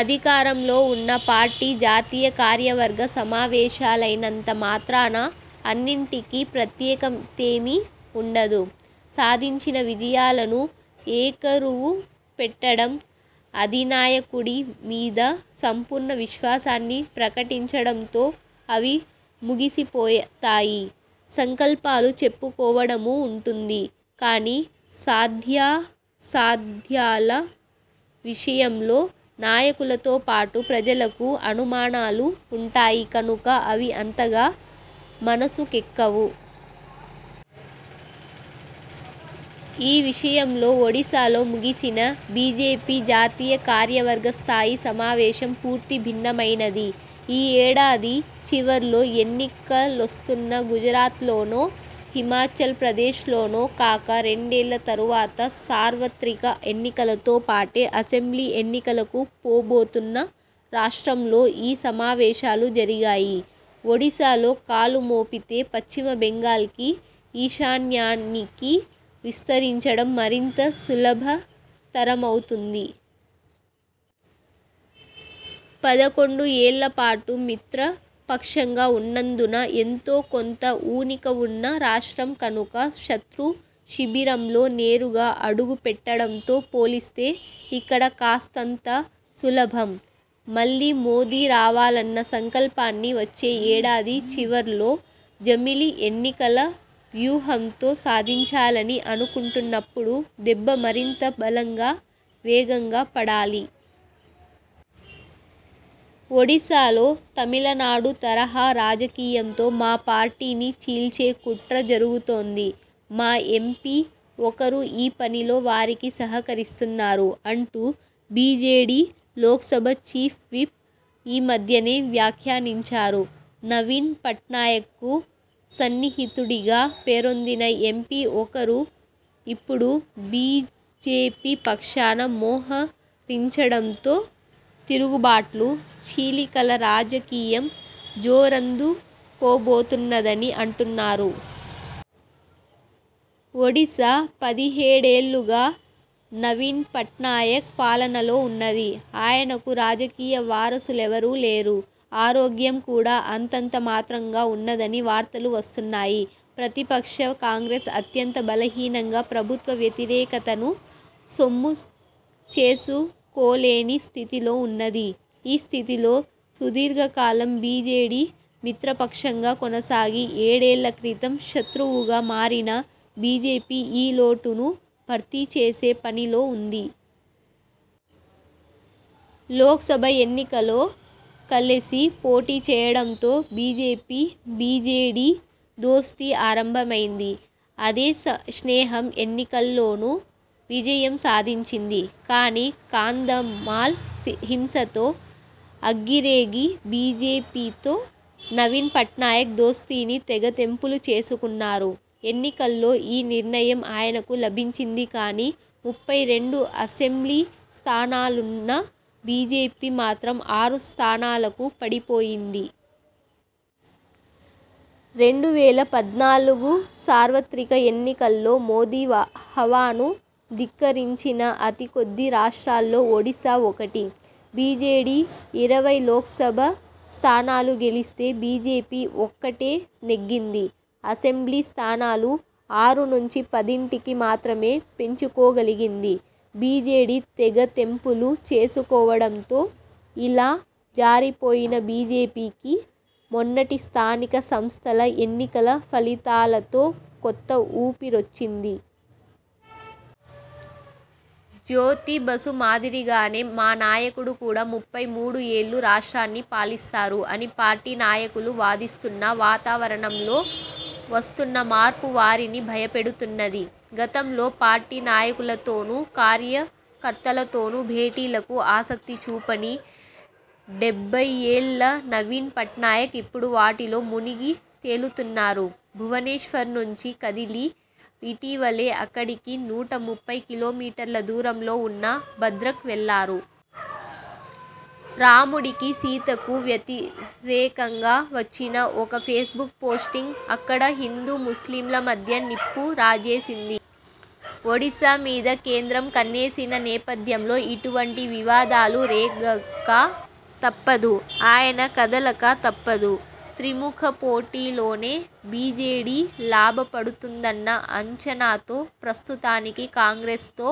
అధికారంలో ఉన్న పార్టీ జాతీయ కార్యవర్గ సమావేశాలైనంత మాత్రాన అన్నింటికీ ప్రత్యేకతేమీ ఉండదు. సాధించిన విజయాలను ఏకరువుపెట్టడం, అధినాయకుడి మీద సంపూర్ణ విశ్వాసాన్ని ప్రకటించడంతో అవి ముగిసిపోతాయి. సంకల్పాలు చెప్పుకోవడమూ ఉంటుంది కానీ, సాధ్యాసాధ్యాల విషయంలో నాయకులతో పాటు ప్రజలకూ అనుమానాలు ఉంటాయి కనుక అవి అంతగా మనసుకెక్కవు. ఈ విషయంలో ఒడిశాలో ముగిసిన బీజేపీ జాతీయ కార్యవర్గ స్థాయి సమావేశం పూర్తి భిన్నమైనది. ఈ ఏడాది చివర్లో ఎన్నికలొస్తున్న గుజరాత్లోనో, హిమాచల్ ప్రదేశ్లోనో కాక, రెండేళ్ళ తరువాత సార్వత్రిక ఎన్నికలతో పాటే అసెంబ్లీ ఎన్నికలకు పోబోతున్న రాష్ట్రంలో ఈ సమావేశాలు జరిగాయి. ఒడిశాలో కాలుమోపితే పశ్చిమబెంగాల్కీ, ఈశాన్యానికీ విస్తరించడం మరింత సులభతరమవుతుంది. పదకొండు ఏళ్ళపాటు మిత్రపక్షంగా ఉన్నందున ఎంతోకొంత ఊనిక వున్న రాష్ట్రం కనుక, శత్రు శిబిరంలో నేరుగా అడుగుపెట్టడంతో పోలిస్తే ఇక్కడ కాస్తంత సులభం. మళ్ళీ మోదీ రావాలన్న సంకల్పాన్ని వచ్చే ఏడాది చివర్లో జమిలి ఎన్నికల వ్యూహంతో సాధించాలని అనుకుంటున్నప్పుడు దెబ్బ మరింత బలంగా వేగంగా పడాలి. 'ఒడిశాలో తమిళనాడు తరహా రాజకీయంతో మా పార్టీని చీల్చే కుట్ర జరుగుతోంది. మా ఎంపీ ఒకరు ఈ పనిలో వారికి సహకరిస్తున్నారు' అంటూ బీజేడీ లోక్సభ చీఫ్ విప్ ఈ మధ్యనే వ్యాఖ్యానించారు. నవీన్ పట్నాయక్కు సన్నిహితుడిగా పేరొందిన ఎంపీ ఒకరు ఇపుడు బీజేపీ పక్షాన మోహరించడంతో తిరుగుబాట్లు, చీలికల రాజకీయం జోరందుకోబోతున్నదని అంటున్నారు. ఒడిశా పదిహేడేళ్ళుగా నవీన్పట్నాయక్ పాలనలో ఉన్నది. ఆయనకు రాజకీయ వారసులెవరూ లేరు. ఆరోగ్యం కూడా అంతంతమాత్రంగా ఉన్నదని వార్తలు వస్తున్నాయి. ప్రతిపక్ష కాంగ్రెస్ అత్యంత బలహీనంగా ప్రభుత్వ వ్యతిరేకతను సొమ్ముచేసుకోలేని స్థితిలో ఉన్నది. ఈ స్థితిలో సుదీర్ఘకాలం బీజేడీ మిత్రపక్షంగా కొనసాగి, ఏడేళ్ళక్రితం శత్రువుగా మారిన బీజేపీ ఈ లోటును భర్తీచేసే పనిలో ఉంది. లోక్సభ ఎన్నికల్లో కలసి పోటీచేయడంతో బీజేపీ బీజేడీ దోస్తీ ఆరంభమైంది. అదే స్నేహం ఎన్నికల్లోనూ విజయం సాధించింది. కానీ కాంధమాల్ హింసతో అగ్గిరేగి బీజేపీతో నవీన్ పట్నాయక్ దోస్తీని తెగతెంపులు చేసుకున్నారు. ఎన్నికల్లో ఈ నిర్ణయం ఆయనకు లభించింది కానీ, ముప్పై రెండు అసెంబ్లీ స్థానాలున్న బీజేపీ మాత్రం ఆరు స్థానాలకు పడిపోయింది. రెండు వేల పద్నాలుగుసార్వత్రిక ఎన్నికల్లో మోదీ హవాను ధిక్కరించిన అతికొద్ది రాష్ట్రాల్లో ఒడిశా ఒకటి. బీజేడీ ఇరవై లోక్సభ స్థానాలు గెలిస్తే, బీజేపీ ఒక్కటే నెగ్గింది. అసెంబ్లీ స్థానాలు ఆరునుంచి పదింటికి మాత్రమే పెంచుకోగలిగింది. బీజేడీ తెగతెంపులు చేసుకోవడంతో ఇలా జారిపోయిన బీజేపీకి మొన్నటి స్థానిక సంస్థల ఎన్నికల ఫలితాలతో కొత్త ఊపిరొచ్చింది. 'జ్యోతిబసు మాదిరిగానే మా నాయకుడు కూడా ముప్పై మూడు ఏళ్ళు రాష్ట్రాన్ని పాలిస్తారు' అని పార్టీ నాయకులు వాదిస్తున్నా వాతావరణంలో వస్తున్న మార్పు వారిని భయపెడుతున్నది. గతంలో పార్టీ నాయకులతోనూ, కార్యకర్తలతోనూ భేటీలకు ఆసక్తి చూపని డెబ్బయ్యేళ్ళ నవీన్ పట్నాయక్ ఇప్పుడు వాటిలో మునిగితేలుతున్నారు. భువనేశ్వర్నుంచి కదిలి ఇటీవలే అక్కడికి నూట ముప్పై కిలోమీటర్ల దూరంలో ఉన్న బద్రక్ వెళ్ళారు. రాముడికీ సీతకూ వ్యతిరేకంగా వచ్చిన ఒక ఫేస్బుక్ పోస్టింగ్ అక్కడ హిందూ ముస్లింల మధ్య నిప్పు రాజేసింది. ఒడిశా మీద కేంద్రం కన్నేసిన నేపథ్యంలో, ఇటువంటి వివాదాలు రేగకా తప్పదు, ఆయన కదలకా తప్పదు. త్రిముఖ పోటీలోనే బీజేడీ లాభపడుతుందన్న అంచనాతో ప్రస్తుతానికి కాంగ్రెస్తో చేతులు